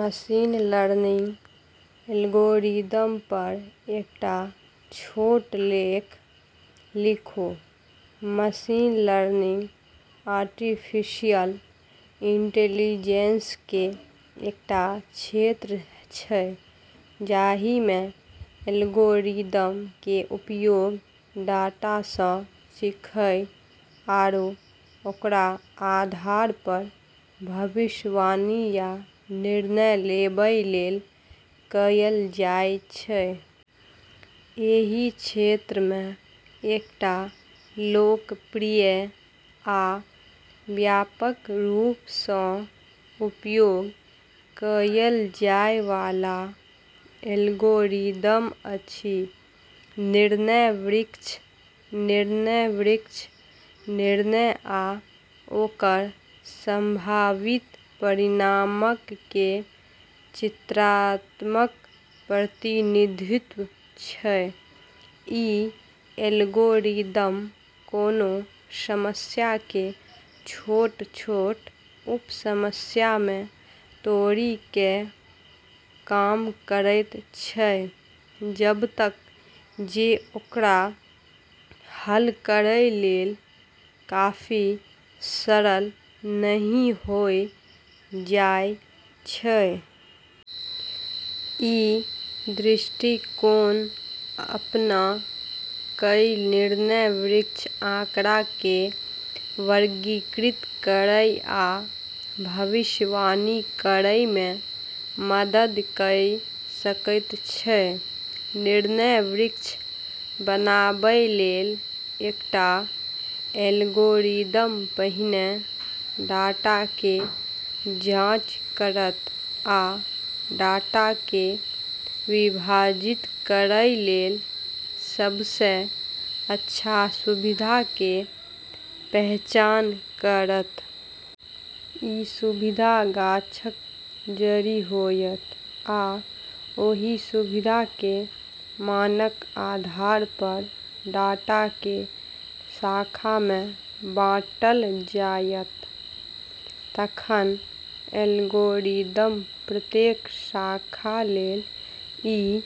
Machine learning algorithm पर एकटा छोट लेख लिखू। मशीन लर्निंग आर्टिफिशियल इंटेलिजेंस के एकटा क्षेत्र छै, जाहि मे एल्गोरिदम के उपयोग डाटा सँ सीखय आरू ओकरा आधार पर भविष्यवाणी या निर्णय लेबय लेल कयल जाय छै। एहि क्षेत्र मे एकटा लोकप्रिय आ व्यापक रूप सँ उपयोग कयल जाय वाला एल्गोरिदम अछि निर्णय वृक्ष। निर्णय वृक्ष निर्णय आ ओकर संभावित परिणामक के चित्रात्मक प्रतिनिधित्व छै। ई एल्गोरिदम कोनों समस्या के छोट-छोट उप-समस्या मे तोड़ि कय काम करैत छै जबतक जे ओकरा हल करै लेल काफी सरल नहि होय जाय छै। इ दृष्टिकोण अपना कय निर्णय वृक्ष आंकड़ा के वर्गीकृत करय आ भविष्यवाणी करय मे मदद कय सकैत छै। निर्णय वृक्ष बनाबय लेल एकटा एल्गोरिदम पहिने डाटा के जाँच करत आ डाटा के विभाजित करय लेल सबसे अच्छा सुविधा के पहचान करत। ई सुविधा गाछक जड़ि होयत, आ ओहि सुविधा के मानक आधार पर डाटा के शाखा मे बाँटल जायत। तखन एल्गोरिदम प्रत्येक शाखा लेल इ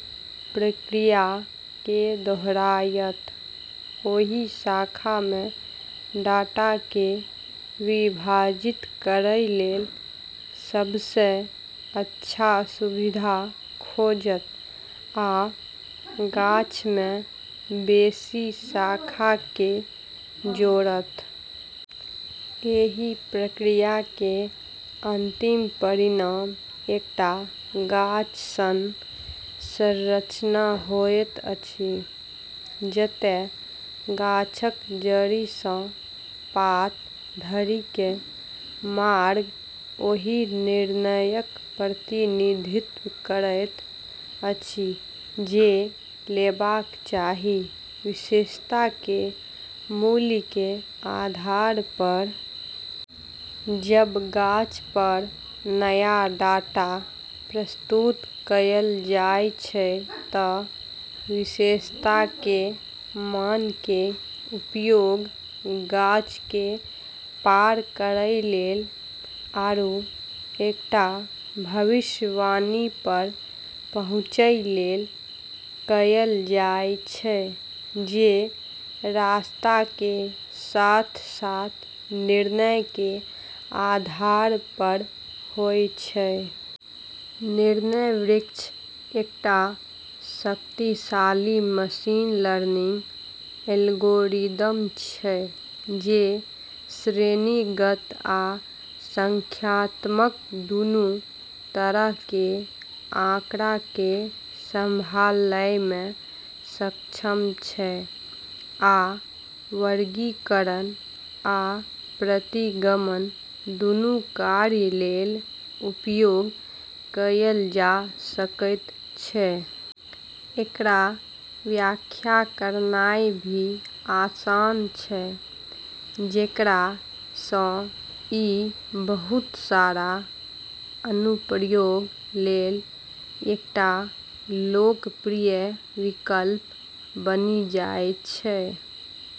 प्रक्रिया के दोहरायत, ओहि शाखा मे डाटा के विभाजित करय लेल सबसे अच्छा सुविधा खोजत आ गाछ मे बेसी शाखा के जोड़त। एहि प्रक्रिया के अंतिम परिणाम एकटा गाछ सन संरचना होइत अछि, जतय गाछक जड़ि सँ पात धरि के मार्ग ओहि निर्णयक प्रतिनिधित्व करैत अछि जे लेबाक चाही, विशेषता के मूल्य के आधार पर। जब गाछ पर नया डाटा प्रस्तुत कयल जाय छै त विशेषता के मान के उपयोग गाछ के पार करै लेल आरू एकटा भविष्यवाणी पर पहुँचय लेल कयल जाय छै, जे रास्ता के साथ-साथ निर्णय के आधार पर होय छै। निर्णय वृक्ष एकटा शक्तिशाली मशीन लर्निंग एल्गोरिदम छै, जे श्रेणीगत आ संख्यात्मक दुनू तरह के आंकड़ा के संभालय मे सक्षम छै, आ वर्गीकरण आ प्रतिगमन दुनू कार्य लेल उपयोग कयल जा सकैत छै। एकरा व्याख्या करनाय भी आसान छै, जेकरा सँ ई बहुत सारा अनुप्रयोग लेल एकटा लोकप्रिय विकल्प बनि जाय छै।